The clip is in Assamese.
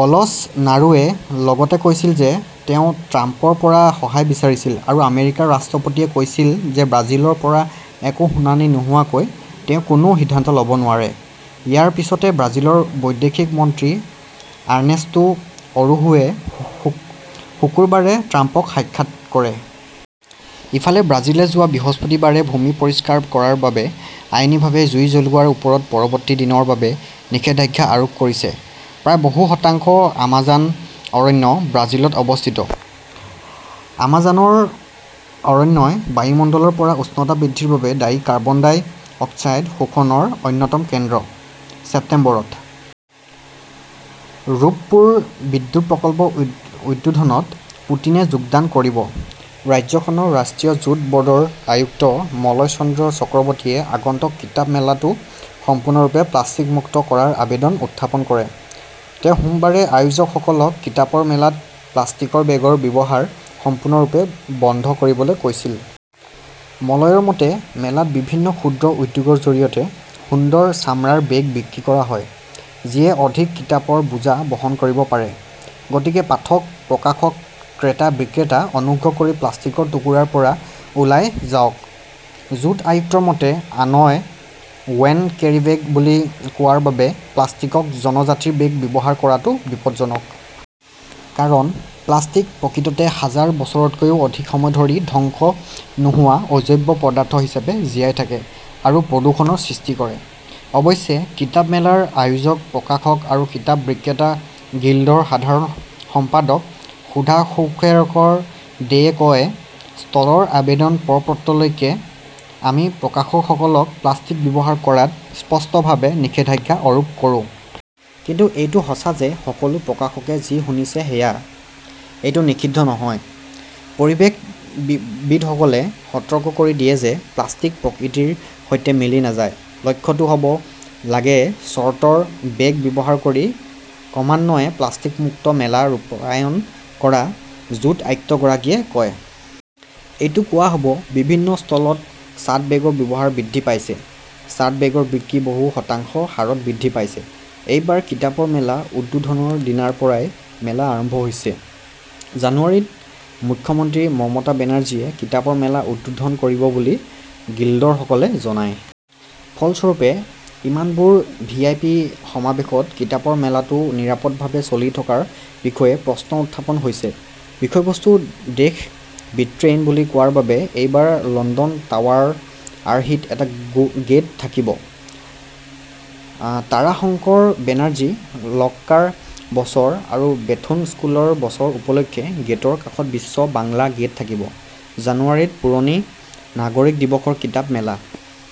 বলছ "নাৰোৱে লগতে কৈছিল যে তেওঁ ট্ৰাম্পৰ পৰা সহায় বিচাৰিছিল আৰু আমেৰিকাৰ ৰাষ্ট্ৰপতিয়ে কৈছিল যে ব্ৰাজিলৰ পৰা একো শুনানি নোহোৱাকৈ তেওঁ কোনো সিদ্ধান্ত ল’ব নোৱাৰে। ইয়াৰ পিছতে ব্ৰাজিলৰ বৈদেশিক মন্ত্ৰী আৰ্নেষ্টো অৰোহুৱে শুকুৰবাৰে ট্ৰাম্পক সাক্ষাৎ কৰে। ইফালে, ব্ৰাজিলে যোৱা বৃহস্পতিবাৰে ভূমি পৰিষ্কাৰ কৰাৰ বাবে আইনীভাৱে জুই জ্বলোৱাৰ ওপৰত পৰৱৰ্তী দিনৰ বাবে নিষেধাজ্ঞা আৰোপ কৰিছে। প্ৰায় বহু শতাংশ আমাজন অৰণ্য ব্ৰাজিলত অৱস্থিত। আমাজনৰ অৰণ্যই বায়ুমণ্ডলৰ পৰা উষ্ণতা বৃদ্ধিৰ বাবে দায়ী কাৰ্বন ডাই অক্সাইড শোষণৰ অন্যতম কেন্দ্ৰ। ছেপ্টেম্বৰত ৰূপপুৰ বিদ্যুৎ প্ৰকল্প উদ্বোধনত, পুটিনে যোগদান কৰিব। ৰাজ্যখনৰ ৰাষ্ট্ৰীয় জুট ব’ৰ্ডৰ আয়ুক্ত মলয় চন্দন চক্ৰৱৰ্তিয়ে আগন্তুক কিতাপ মেলাটো সম্পূৰ্ণৰূপে প্লাষ্টিক মুক্ত কৰাৰ আবেদন উত্থাপন কৰে। তেওঁ সোমবাৰে আয়োজকসকলক কিতাপৰ মেলাত প্লাষ্টিকৰ বেগৰ ব্যৱহাৰ সম্পূৰ্ণৰূপে বন্ধ কৰিবলৈ কৈছিল। মলয়ৰ মতে, "মেলাত বিভিন্ন ক্ষুদ্ৰ উদ্যোগৰ জৰিয়তে সুন্দৰ চামৰাৰ বেগ বিক্ৰী কৰা হয়, যিয়ে অধিক কিতাপৰ বোজা বহন কৰিব পাৰে। গতিকে পাঠক, প্ৰকাশক, ক্ৰেতা, বিক্ৰেতা-অনুগ্ৰহ কৰি প্লাষ্টিকৰ টুকুৰাৰ পৰা ওলাই যাওক! "জুট আয়ুক্তৰ মতে, আনঅ" ৱেন কেৰীবেগ বুলি কোৱাৰ বাবে প্লাষ্টিক জনজাতিৰ বেগ ব্যৱহাৰ কৰাটোও বিপদজনক। কাৰণ, প্লাষ্টিক প্ৰকৃততে হাজাৰ বছৰতকৈও অধিক সময় ধৰি ধ্বংস নোহোৱা অজৈব পদাৰ্থ হিচাপে জীয়াই থাকে আৰু প্ৰদূষণৰ সৃষ্টি কৰে। অৱশ্যে, কিতাপ মেলাৰ আয়োজক, প্ৰকাশক আৰু কিতাপ বিক্ৰেতা গিল্ডৰ সাধাৰণ সম্পাদক সুধাংশুশেখৰ দেয়ে কয়, "ষ্টলৰ আবেদন প্ৰ-পত্ৰলৈকে আমি প্ৰকাশকসকলক প্লাষ্টিক ব্যৱহাৰ কৰাত স্পষ্টভাৱে নিষেধাজ্ঞা আৰোপ কৰো। কিন্তু এইটো সঁচা যে সকলো প্ৰকাশকে যি শুনিছে সেয়া। সেইটো নিষিদ্ধ নহয়। পৰিৱেশবিদসকলে সতৰ্ক কৰি দিয়ে যে প্লাষ্টিক প্ৰকৃতিৰ সৈতে মিলি নাযায়। "লক্ষ্যটো হ’ব লাগে চটৰ বেগ ব্যৱহাৰ কৰি ক্ৰমান্বয়ে প্লাষ্টিক-মুক্ত মেলা ৰূপায়ণ কৰা ", জুট আয়ুক্তগৰাকীয়ে কয়। এইটো কোৱা হ’ব, বিভিন্ন ষ্টলত চাট বেগৰ ব্যৱহাৰ বৃদ্ধি পাইছে। চাট বেগৰ বিক্ৰী বহু শতাংশ হাৰত বৃদ্ধি পাইছে। এইবাৰ কিতাপৰ মেলা উদ্বোধনৰ দিনাৰ পৰাই মেলা আৰম্ভ হৈছে। জানুৱাৰীত মুখ্যমন্ত্ৰী মমতা বেনাৰ্জীয়ে কিতাপৰ মেলা উদ্বোধন কৰিব বুলি গিল্ডৰসকলে জনায়। ফলস্বৰূপে, ইমানবোৰ ভি. আই. পি. সমাৱেশত কিতাপৰ মেলাটো নিৰাপদভাৱে চলি থকাৰ বিষয়ে প্ৰশ্ন উত্থাপন হৈছে। বিষয়বস্তু দেশ 'ব্ৰিটেইন’ বুলি কোৱাৰ বাবে এইবাৰ লণ্ডন টাৱাৰৰ আৰ্হিত এটা গেট থাকিব। তাৰাশংকৰ বেনাৰ্জী, লৰ্কাৰ বছৰ আৰু বেথুন স্কুলৰ বছৰ উপলক্ষে গেটৰ কাষত বিশ্ব বাংলা গেট থাকিব। জানুৱাৰীত পুৰণি নাগৰিক দিৱসৰ কিতাপ মেলা।